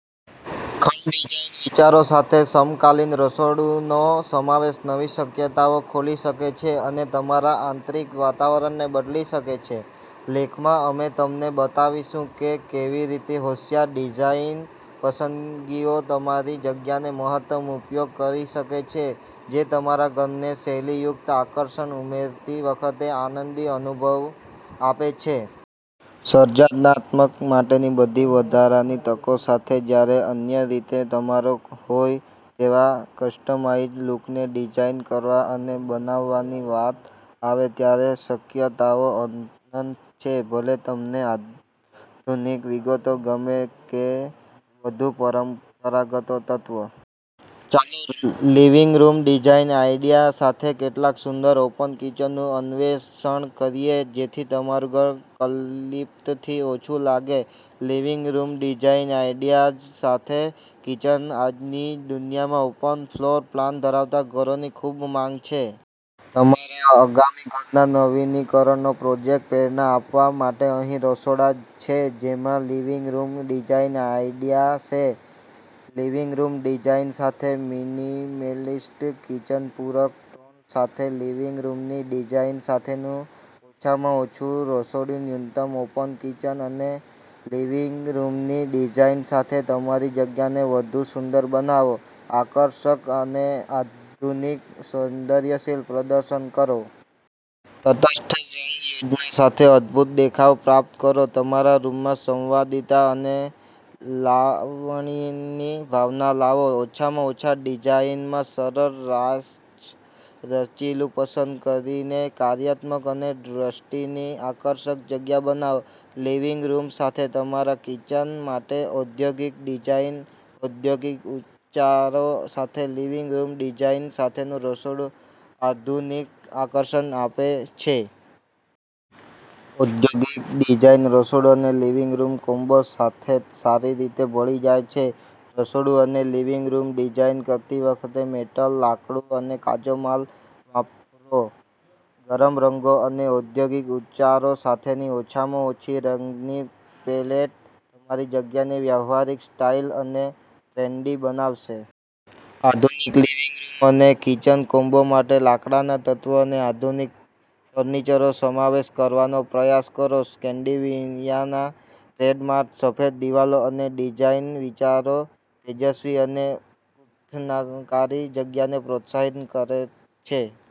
ખંડ ડિઝાઇન વિચારો સાથે સમકાલીન રસોડુંનો સમાવેશ નવી શક્યતાઓ ખોલી શકે છે અને તમારા આંતરિક વાતાવરણને બદલી શકે છે. લેખમાં અમે તમને બતાવીશું કે કેવી રીતે હોંશિયાર ડિઝાઇન પસંદગીઓ તમારી જગ્યાનો મહત્તમ ઉપયોગ કરી શકે છે જે તમારા ઘરને શૈલીયુક્ત આકર્ષણ ઉમેરતી વખતે આનંદી અનુભવ આપે છે. સર્જનાત્મક માટેની બધી વધારાની તકો સાથે જ્યારે અન્ય રીતે તમારો હોય તેવા કસ્ટમાઇઝ લુકને ડિઝાઇન કરવા અને બનાવવાની વાત આવે ત્યારે શક્યતાઓ અનંત છે. ભલે તમને આધુનિક વિગતો ગમે કે વધુ પરંપરાગત તત્વો. ચાલી લિવિંગ રૂમ ડિઝાઇન આઇડિયા સાથે કેટલાક સુંદર ઓપન કિચનનું અન્વેષણ કરીએ જેથી તમારું ઘર કલ્પિતથી ઓછું લાગે. લિવિંગ રૂમ ડિઝાઇન આઇડિયાઝ સાથે કિચન આજની દુનિયામાં ઓપન ફ્લોર પ્લાન ધરાવતા ઘરોની ખૂબ માંગ છે. તમારા આગામી ઘરના નવીનીકરણનો પ્રોજેક્ટને પ્રેરણા આપવા માટે અહીં રસોડા છે જેમાં લિવિંગ રૂમ ડિઝાઇન આઇડિયા શે. લિવિંગ રૂમ ડિઝાઇન સાથે મિનિમેલિસ્ટ કિચનપૂરક સાથે લિવિંગ રૂમની ડિઝાઇન સાથેનું ઓછામાં ઓછું રસોડું ન્યૂનતમ ઓપન કિચન અને લિવિંગ રૂમની ડિઝાઇન સાથે તમારી જગ્યાને વધુ સુંદર બનાવો, આકર્ષક અને આધુનિક સૌંદર્યસિલ પ્રદર્શન કરો. તટસ્થ રંગ યોજના સાથે અદભૂત દેખાવ પ્રાપ્ત કરો. તમારા રૂમમાં સંવાદિતા અને લાવણ્યની ભાવના લાવો. ઓછામાં ઓછા ડિઝાઇનમાં સરળ રાચરચીલું પસંદ કરીને કાર્યાત્મક અને દૃષ્ટિની આકર્ષક જગ્યા બનાવો. લિવિંગ રૂમ સાથે તમારા કિચન માટે ઔદ્યોગિક ડિઝાઇન ઔદ્યોગિક ઉચ્ચારો સાથે લિવિંગ રૂમ ડિઝાઇન સાથેનું રસોડું આધુનિક આકર્ષણ આપે છે. ઔદ્યોગિક ડિઝાઇન રસોડું અને લિવિંગ રૂમ કોમ્બો સાથે સારી રીતે ભળી જાય છે. રસોડું અને લિવિંગ રૂમ ડિઝાઇન કરતી વખતે મેટલ, લાકડું અને કાચો માલ વાપરો. ગરમ રંગો અને ઔદ્યોગિક ઉચ્ચારો સાથેની ઓછામાં ઓછી રંગની પેલેટ તમારી જગ્યાને વ્યાવસાયિક, સ્ટાઇલિશ અને ટ્રેન્ડી બનાવશે. આધુનિક લિવિંગ રૂમ અને કિચન કોમ્બો માટે લાકડાના તત્વો અને આધુનિક ફર્નિચરનો સમાવેશ કરવાનો પ્રયાસ કરો. સ્કેન્ડિનેવિયાના ટ્રેડમાર્ક સફેદ દિવાલો અને ડિઝાઇન વિચારો તેજસ્વી અને ઉત્થાનકારી જગ્યાને પ્રોત્સાહિત કરે છે.